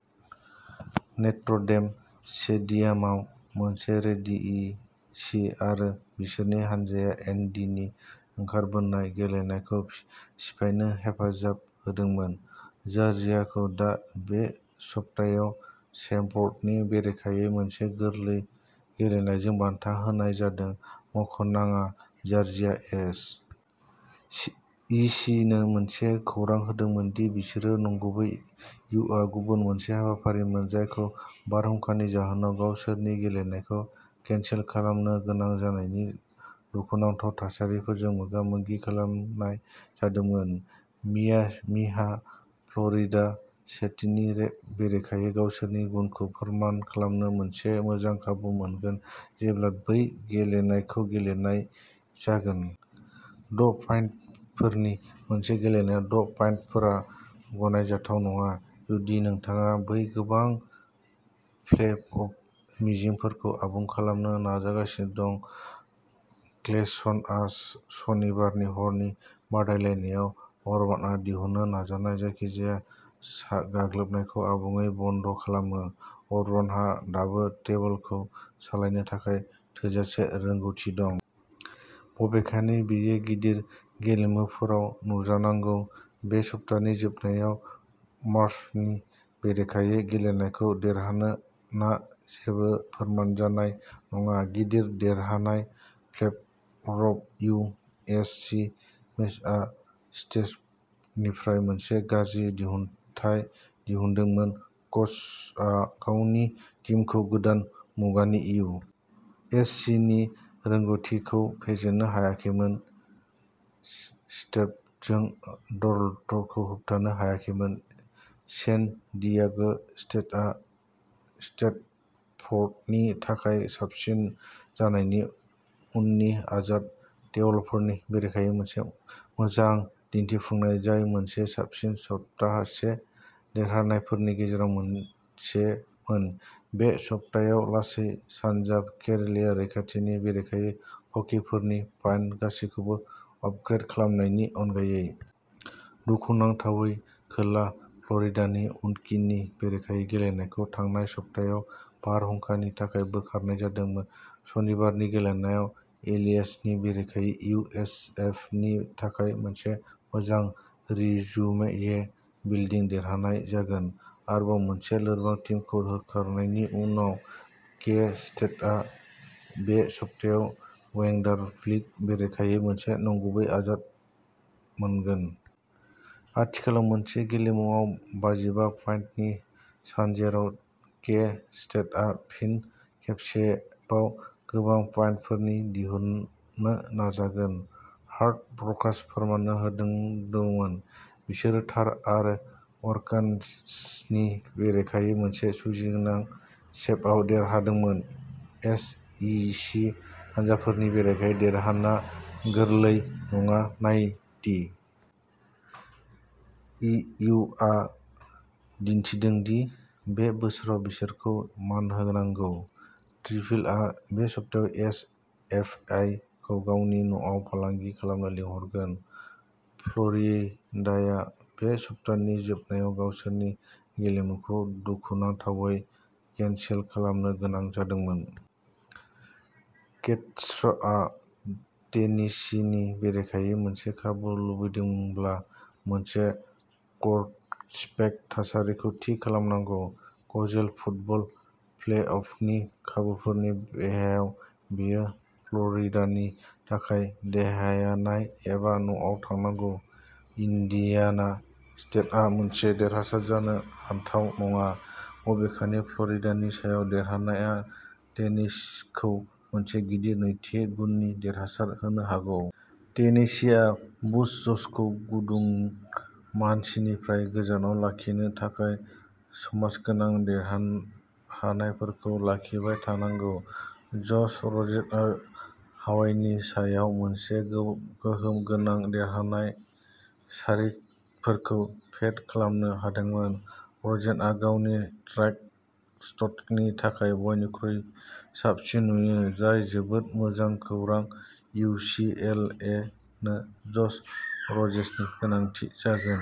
Notre Dame स्टेडियामाव मोनसे रेडि इ सी आरो बिसोरनि हानजाया एन. डी. नि ओंखारबोनाय गेलेनायखौ सिफायनो हेफाजाब होदोंमोन। जर्जियाखौ दा बे सप्तायाव सेमफर्डनि बेरेखायै मोनसे गोरलै गेलेनायजों बान्था होनाय जादों। मख'नो नाङा, जर्जियाया एस. इ. सि. नो मोनसे खौरां होदोंमोन दि बिसोरो नंगुबै। इउआ गुबुन मोनसे हाबाफारिमोन जायखौ बारहुंखानि जाहोनाव गावसोरनि गेलेनायखौ केनसेल खालामनो गोनां जानायनि दुखुनांथाव थासारिफोरजों मोगा-मोगि खालामनाय जादोंमोन। मियामीहा फ्ल'रिडा स्टेटनि बेरेखायै गावसोरनि गुनखौ फोरमान खालामनो मोनसे मोजां खाबु मोनगोन, जेब्लानो बै गेलेनायखौ गेलेनाय जागोन। द' पइन्टफोर। मोनसे गेलेनायाव द' पइन्टफोरा गनायजाथाव नङा जुदि नोंथाङा बै गोबां प्लेअफ मिजिंफोरखौ आबुं खालामनो नाजागासिनो दं। क्लेमसनआ सनिबारनि हरनि बादायलायनायाव अबार्नआ दिहुननो नाजानाय जायखिजाया सा गाग्लोबनायखौ आबुङै बन्द'खालामो। अबार्नहा दाबो टेबोलखौ सालायनो थाखाय थोजासे रोंग'थि दं। बबेखानि, बेयो गिदिर गेलेमुफोराव नुजानांगौ। बे सप्तानि जोबनायाव मर्सानि बेरेखायै गेलेनायखौ देरहाना जेबो फोरमान जानाय नङा। गिदिर देरहासारनाय playoff spot. U. S. C. मेचआ साटेसनिफ्राय मोनसे गाज्रि दिन्थिफुंनाय दिहुनदोंमोन। कच श'आ गावनि टीमखौ गोदान मुगानि इउ. एस. सि. नि रोंग'थिखौ फेजेननो हायाखैमोन। सिटेपजों डरडखौ होबथानो हायाखैमोन। सेन डियागो स्टेटआ सिटेपफ'र्डनि थाखाय साबसिन जानायनि उननि आनजाद। डेलावेयारनि बेरेखायै मोनसे मोजां दिन्थिफुंनाय, जाय मोनसे साबसिन सप्ताह से देरहानायफोरनि गेजेराव मोनसेमोन। बे सप्तायाव लासै सानजा केर'लिना रैखाथिनि बेरेखायै हकिफोरनि पइन्ट गासैखौ आपग्रेड खालामनायनि अनगायै। दुखुनांथावै, खोला फ्ल'रिडानि उकननि बेरेखायै गेलेनायखौबो थांनाय सप्तायाव बारहुंखानि थाखाय बोखारनाय जादोंमोन। सनिबारनि गेलेनाया इलिन'इसनि बेरेखायै इउ. एस. एफ. नि थाखाय मोनसे मोजां रिज्यूमे बिल्डिं देरहानाय जागोन। आरोबाव मोनसे लोरबां टीमखौ होखारनायनि उनाव, के-स्टेटआ बे सप्तायाव वेंडारबिल्टनि बेरेखायै मोनसे नंगुबै आनजाद मोनगोन। आथिखालाव मोनसे गेलेमुआव बाजिबा पइन्टनि सानजेराव, के-स्टेटआ फिन खेबसेबाव गोबां पइन्टफोर दिहुननो नाजागोन। हर्नड फ्र'ग्सआ फोरमान होदोंमोन। बिसोर थार आरो आरकानसासनि बेरेखायै मोनसे जुजिनां सेपआप देरहादोंमोन। एस. इ. सि. हानजाफोरनि बेरेखायै देरहाना गोरलै नङा नाथाय टि. इ. इउ. आ दिन्थिदों दि बे बोसोराव बिसोरखौ मान होनांगौ। ट्रिभिलआ बे सप्तायाव एस. एप. आइ. खौ गावनि न'आव फालांगि खालामनो लिंहरगोन। फ्ल'रिडाया बे सप्तानि जोबनायाव गावसोरनि गेलेमुखौ दुखुनांथावै केनसेल खालामनो गोनां जादोंमोन। गेटर्सआ टेनेसिनि बेरेखायै मोनसे खाबु लुबैदोंब्ला मोनसे गटसिपेक थासारिखौ थि खालामनांगौ। कलेज फुटबल प्लेअफनि खाबुफोरनि बेलायाव बेयो फ्ल'रिडानि थाखाय देहायानाय एबा न'आव थांनांगौ। इन्डियाना स्टेटआ मोनसे देरहासार जानो हाथाव नङा। बबेखानि, फ्ल'रिडानि सायाव देरहानायआ टेनेसिखौ मोनसे गिदिर नैथि गुननि देरहासार होनो हागौ। टेनेसिआ बुच जन्सखौ गुदुं मासिनिफ्राय गोजानाव लाखिनो थाखाय समासगोनां देहान हानायफोरखौ लाखिबाय थानांगौ। जश र'जेनआ हावाइनि सायाव मोनसे गोहौ गोहोम गोनां देरहानाय सारिफोरखौ पेड खालामनो हादोंमोन। र'जेनआ गावनि ड्रायोट स्टिकनि थाखाय बयनिख्रुइ साबसिन नुयो जाय जोबोद मोजां खौरां। इउ. सि. एल. ए. नो जश र'जेननि गोनांथि जागोन।